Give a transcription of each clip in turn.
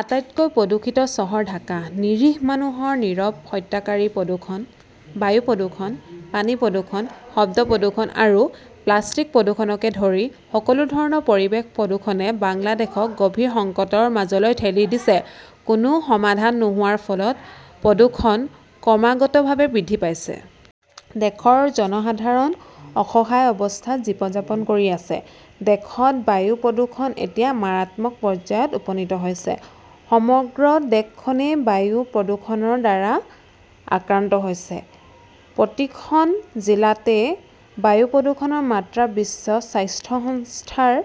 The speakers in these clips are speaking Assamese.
আটাইতকৈ প্ৰদূষিত চহৰ ঢাকা, নিৰীহ মানুহৰ নীৰৱ হত্যাকাৰী প্ৰদূষণ। বায়ু প্ৰদূষণ, পানী প্ৰদূষণ, শব্দ প্ৰদূষণ আৰু প্লাষ্টিক প্ৰদূষণকে ধৰি সকলো ধৰণৰ পৰিৱেশ প্ৰদূষণে বাংলাদেশক গভীৰ সংকটৰ মাজলৈ ঠেলি দিছে। কোনো সমাধান নোহোৱাৰ ফলত প্ৰদূষণ ক্ৰমাগতভাৱে বৃদ্ধি পাইছে। দেশৰ জনসাধাৰণ অসহায় অৱস্থাত জীৱন যাপন কৰি আছে। দেশত বায়ু প্ৰদূষণ এতিয়া মাৰাত্মক পৰ্যায়ত উপনীত হৈছে। সমগ্ৰ দেশখনেই বায়ু প্ৰদূষণৰ দ্বাৰা আক্ৰান্ত হৈছে। প্ৰতিখন জিলাতে বায়ু প্ৰদূষণৰ মাত্ৰা বিশ্ব স্বাস্থ্য সংস্থাৰ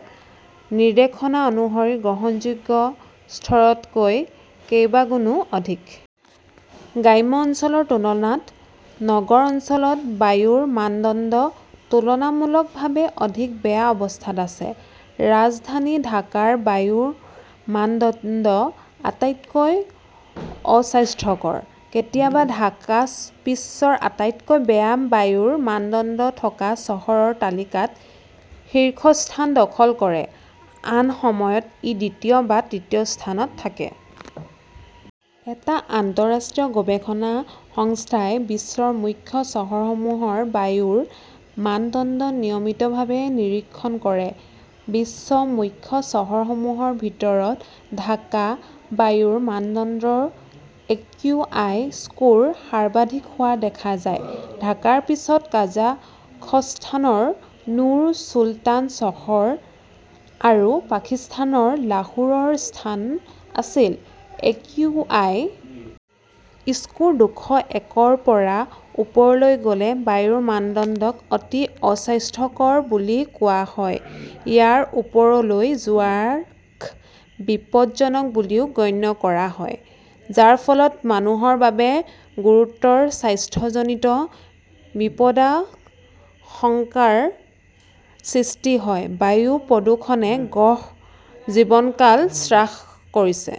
নিৰ্দেশনা অনুসৰি গ্ৰহণযোগ্য স্তৰতকৈ কেইবাগুণো অধিক। গ্ৰাম্য অঞ্চলৰ তুলনাত নগৰ অঞ্চলত বায়ুৰ মানদণ্ড তুলনামূলকভাৱে অধিক বেয়া অৱস্থাত আছে। ৰাজধানী ঢাকাৰ বায়ুৰ মানদণ্ড আটাইতকৈ অস্বাস্থ্যকৰ। কেতিয়াবা ঢাকা বিশ্বৰ আটাইতকৈ বেয়া বায়ুৰ মানদণ্ড থকা চহৰৰ তালিকাত শীৰ্ষস্থান দখল কৰে। আন সময়ত ই দ্বিতীয় বা তৃতীয় স্থানত থাকে। এটা আন্তঃৰাষ্ট্ৰীয় গৱেষণা সংস্থাই বিশ্বৰ মুখ্য চহৰসমূহৰ বায়ুৰ মানদণ্ড নিয়মিতভাৱে নিৰীক্ষণ কৰে। বিশ্বৰ মুখ্য চহৰসমূহৰ ভিতৰত ঢাকাৰ বায়ুৰ মানদণ্ডৰ একিউআই স্কোৰ সৰ্বাধিক হোৱা দেখা যায়। ঢাকাৰ পিছত কাজাখস্তানৰ নুৰ চুলতান চহৰ আৰু পাকিস্তানৰ লাহোৰৰ স্থান আছিল। একিউআই স্কোৰ দুশ একৰ পৰা ওপৰলৈ গ'লে বায়ুৰ মানদণ্ডক অতি অস্বাস্থ্যকৰ বুলি কোৱা হয়। ইয়াৰ ওপৰলৈ যোৱাক বিপদজনক বুলিও গণ্য কৰা হয়, যাৰ ফলত মানুহৰ বাবে গুৰুতৰ স্বাস্থ্যজনিত বিপদাশংকাৰ সৃষ্টি হয়। বায়ু প্ৰদূষণে গড় জীৱনকাল হ্ৰাস কৰিছে।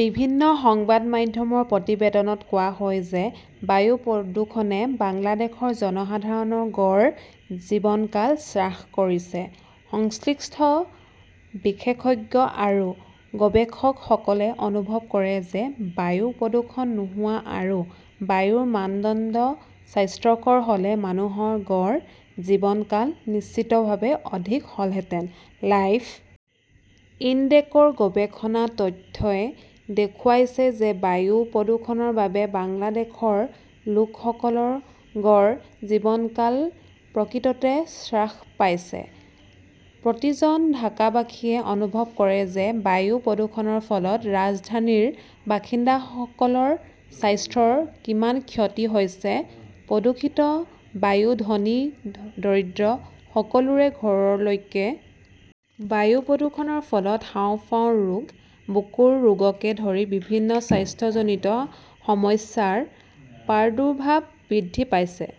বিভিন্ন সংবাদ মাধ্যমৰ প্ৰতিবেদনত কোৱা হৈছে যে বায়ু প্ৰদূষণে বাংলাদেশৰ জনসাধাৰণৰ গড় জীৱনকাল হ্ৰাস কৰিছে। সংশ্লিষ্ট বিশেষজ্ঞ আৰু গৱেষকসকলে অনুভৱ কৰে যে বায়ু প্ৰদূষণ নোহোৱা আৰু বায়ুৰ মানদণ্ড স্বাস্থ্যকৰ হ'লে মানুহৰ গড় জীৱনকাল নিশ্চিতভাৱে অধিক হ'লহেঁতেন। লাইফ ইনডেক্সৰ গৱেষণা তথ্যই দেখুৱাইছে যে বায়ু প্ৰদূষণৰ বাবে বাংলাদেশৰ লোকসকলৰ গড় জীৱনকাল প্ৰকৃততে হ্ৰাস পাইছে। প্ৰতিজন ঢাকাবাসীয়ে অনুভৱ কৰে যে বায়ু প্ৰদূষণৰ ফলত ৰাজধানীৰ বাসিন্দাসকলৰ স্বাস্থ্যৰ কিমান ক্ষতি হৈছে। প্ৰদূষিত বায়ু ধনী দৰিদ্ৰ সকলোৰে ঘৰলৈকে বিয়পি পৰে আৰু বায়ুৰ চলাচল নিয়ন্ত্ৰণ কৰাটো কঠিন হৈ পৰিছে। বায়ু প্ৰদূষণৰ ফলত হাঁওফাঁওৰ ৰোগ, বুকুৰ ৰোগকে ধৰি বিভিন্ন স্বাস্থ্যজনিত সমস্যাৰ প্ৰাদুৰ্ভাৱ বৃদ্ধি পাইছে।